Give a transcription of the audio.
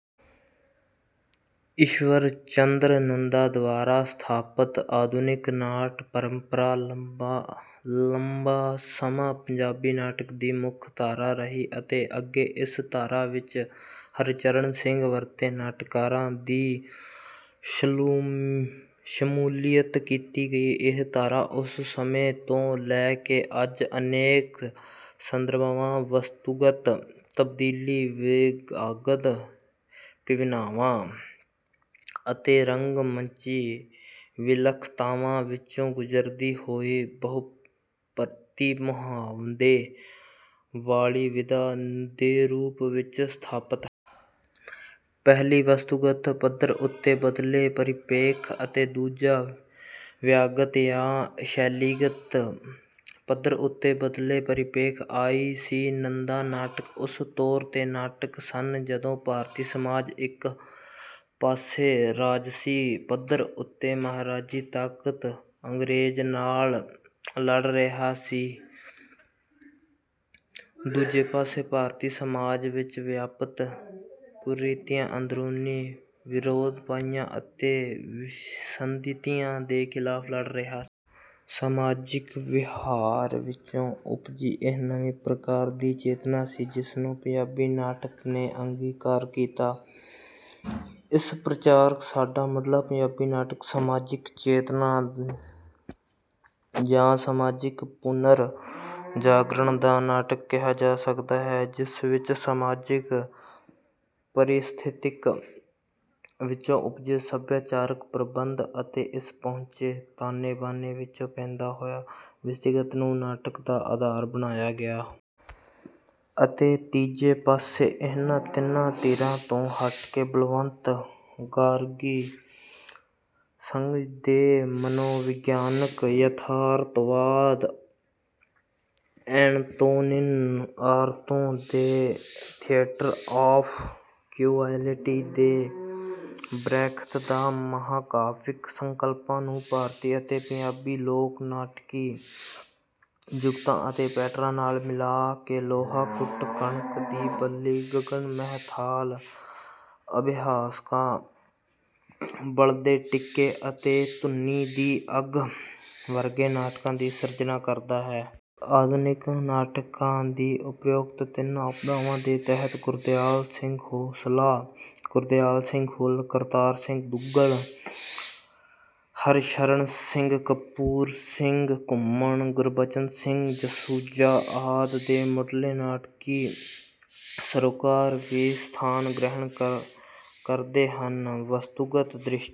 ਈਸ਼ਵਰ ਚੰਦਰ ਨੰਦਾ ਦੁਆਰਾ ਸਥਾਪਤ ਆਧੁਨਿਕ ਨਾਟ ਪਰੰਪਰਾ ਲੰਮਾ ਸਮਾਂ ਪੰਜਾਬੀ ਨਾਟਕ ਦੀ ਮੁੱਖ ਧਾਰਾ ਰਹੀ ਅਤੇ ਅੱਗੇ ਇਸ ਧਾਰਾ ਵਿੱਚ ਹਰਚਰਨ ਸਿੰਘ ਵਰਗੇ ਨਾਟਕਾਰਾਂ ਨੇ ਸ਼ਮੂਲੀਅਤ ਕੀਤੀ। ਇਹ ਧਾਰਾ ਉਸ ਸਮੇਂ ਤੋਂ ਲੈ ਕੇ ਅੱਜ ਤੱਕ ਅਨੇਕ ਸੰਦਰਭਾਂ, ਵਸਤੂਗਤ ਤਬਦੀਲੀਆਂ, ਵਿਧਾਗਤ ਵਿਭਿੰਨਤਾਵਾਂ ਅਤੇ ਰੰਗਮੰਚੀ ਵਿਲੱਖਣਤਾਵਾਂ ਵਿੱਚੋਂ ਗੁਜਰਦੀ ਹੋਈ ਬਹੁਪਰਤੀ ਮੁਹਾਂਦਰੇ ਵਾਲੀ ਵਿਧਾ ਦੇ ਰੂਪ ਵਿੱਚ ਸਥਾਪਤ ਹੈ। ਪਹਿਲਾ ਵਸਤੂਗਤ ਪੱਧਰ ਉੱਤੇ ਬਦਲਦੇ ਪਰਿਪੇਖ ਅਤੇ ਦੂਜਾ ਵਿਧਾਗਤ ਜਾਂ ਸ਼ੈਲੀਗਤ ਪੱਧਰ ਉੱਤੇ ਬਦਲਦੇ ਪਰਿਪੇਖ। ਆਈ ਸੀ ਨੰਦਾ ਦੇ ਨਾਟਕ ਉਸ ਦੌਰ ਦੇ ਨਾਟਕ ਸਨ ਜਦੋਂ ਭਾਰਤੀ ਸਮਾਜ ਇੱਕ ਪਾਸੇ ਰਾਜਸੀ ਪੱਧਰ ਉੱਤੇ ਸਾਮਰਾਜੀ ਤਾਕਤ ਅੰਗਰੇਜ਼ ਨਾਲ ਲੜ ਰਿਹਾ ਸੀ ਅਤੇ ਦੂਜੇ ਪਾਸੇ ਭਾਰਤੀ ਸਮਾਜ ਵਿੱਚ ਵਿਆਪਤ ਕੁਰੀਤੀਆਂ, ਅੰਦਰੂਨੀ ਵਿਰੋਧਤਾਈਆਂ ਅਤੇ ਵਿਸੰਗਤੀਆਂ ਦੇ ਖਿਲਾਫ ਲੜ ਰਿਹਾ ਸੀ। ਸਮਾਜਿਕ ਵਿਹਾਰ ਵਿੱਚੋਂ ਉਪਜੀ ਇਹ ਨਵੀਂ ਪ੍ਰਕਾਰ ਦੀ ਚੇਤਨਾ ਸੀ ਜਿਸ ਨੂੰ ਪੰਜਾਬੀ ਨਾਟਕ ਨੇ ਅੰਗੀਕਾਰ ਕੀਤਾ। ਇਸ ਪ੍ਰਕਾਰ ਸਾਡਾ ਮੁਢਲਾ ਪੰਜਾਬੀ ਨਾਟਕ ਸਮਾਜਿਕ ਚੇਤਨਾ ਜਾਂ ਸਮਾਜਿਕ ਪੁਨਰ ਜਾਗਰਣ ਦਾ ਨਾਟਕ ਕਿਹਾ ਜਾ ਸਕਦਾ ਹੈ, ਜਿਸ ਵਿੱਚ ਸਮਾਜਿਕ ਪਰਿਸਥਿਤੀਆਂ ਵਿੱਚੋਂ ਉਪਜੇ ਸਭਿਆਚਾਰਕ ਪ੍ਰਬੰਧ ਅਤੇ ਇਸ ਸਮੁੱਚੇ ਤਾਣੇ-ਬਾਣੇ ਵਿੱਚੋਂ ਪੈਦਾ ਹੋਈਆਂ ਵਿਸੰਗਤੀਆਂ ਨੂੰ ਨਾਟਕ ਦਾ ਆਧਾਰ ਬਣਾਇਆ ਗਿਆ। ਅਤੇ ਤੀਜੇ ਪਾਸੇ ਇਹਨਾਂ ਤਿੰਨਾਂ ਧਿਰਾਂ ਤੋਂ ਹਟ ਕੇ ਬਲਵੰਤ ਗਾਰਗੀ ਸਟਰਿੰਡਬਰਗ ਦੇ ਮਨੋਵਿਗਿਆਨਕ ਯਥਾਰਥਵਾਦ, ਐਨਤੋਨਿਨ ਆਰਤੋ ਦੇ ਥੀਏਟਰ ਆਫ਼ ਕਰੂਅਲਟੀ ਅਤੇ ਬਰੈਖਤ ਦੇ ਮਹਾਂਕਾਵਿਕ ਸੰਕਲਪਾਂ ਨੂੰ ਭਾਰਤੀ ਅਤੇ ਪੰਜਾਬੀ ਲੋਕ ਨਾਟਕੀ ਜੁਗਤਾਂ ਅਤੇ ਪੈਟਰਨਾਂ ਨਾਲ ਮਿਲਾ ਕੇ ਲੋਹਾ ਕੁੱਟ, ਕਣਕ ਦੀ ਬੱਲੀ, ਗਗਨ ਮਹਿ ਥਾਲ, ਅਭਿਸਾਰਿਕਾ, ਬਲਦੇ ਟਿੱਬੇ ਅਤੇ ਧੁਣੀ ਦੀ ਅੱਗ ਵਰਗੇ ਨਾਟਕਾਂ ਦੀ ਸਿਰਜਣਾ ਕਰਦਾ ਹੈ। ਆਧੁਨਿਕ ਨਾਟਕ ਦੀਆਂ ਉਪਰੋਕਤ ਤਿੰਨਾਂ ਉਪਧਾਰਾਵਾਂ ਦੇ ਤਹਿਤ ਗੁਰਦਿਆਲ ਸਿੰਘ ਖੋਸਲਾ, ਗੁਰਦਿਆਲ ਸਿੰਘ ਫੁੱਲ, ਕਰਤਾਰ ਸਿੰਘ ਦੁੱਗਲ, ਹਰਸ਼ਰਨ ਸਿੰਘ, ਕਪੂਰ ਸਿੰਘ ਘੁੰਮਣ, ਗੁਰਚਰਨ ਸਿੰਘ ਜਸੂਜਾ ਆਦਿ ਦੇ ਮੁਢਲੇ ਨਾਟਕੀ ਸਰੋਕਾਰ ਵੀ ਸਥਾਨ ਗ੍ਰਹਿਣ ਕਰਦੇ ਹਨ। ਵਸਤੂਗਤ ਦ੍ਰਿਸ਼ਟੀ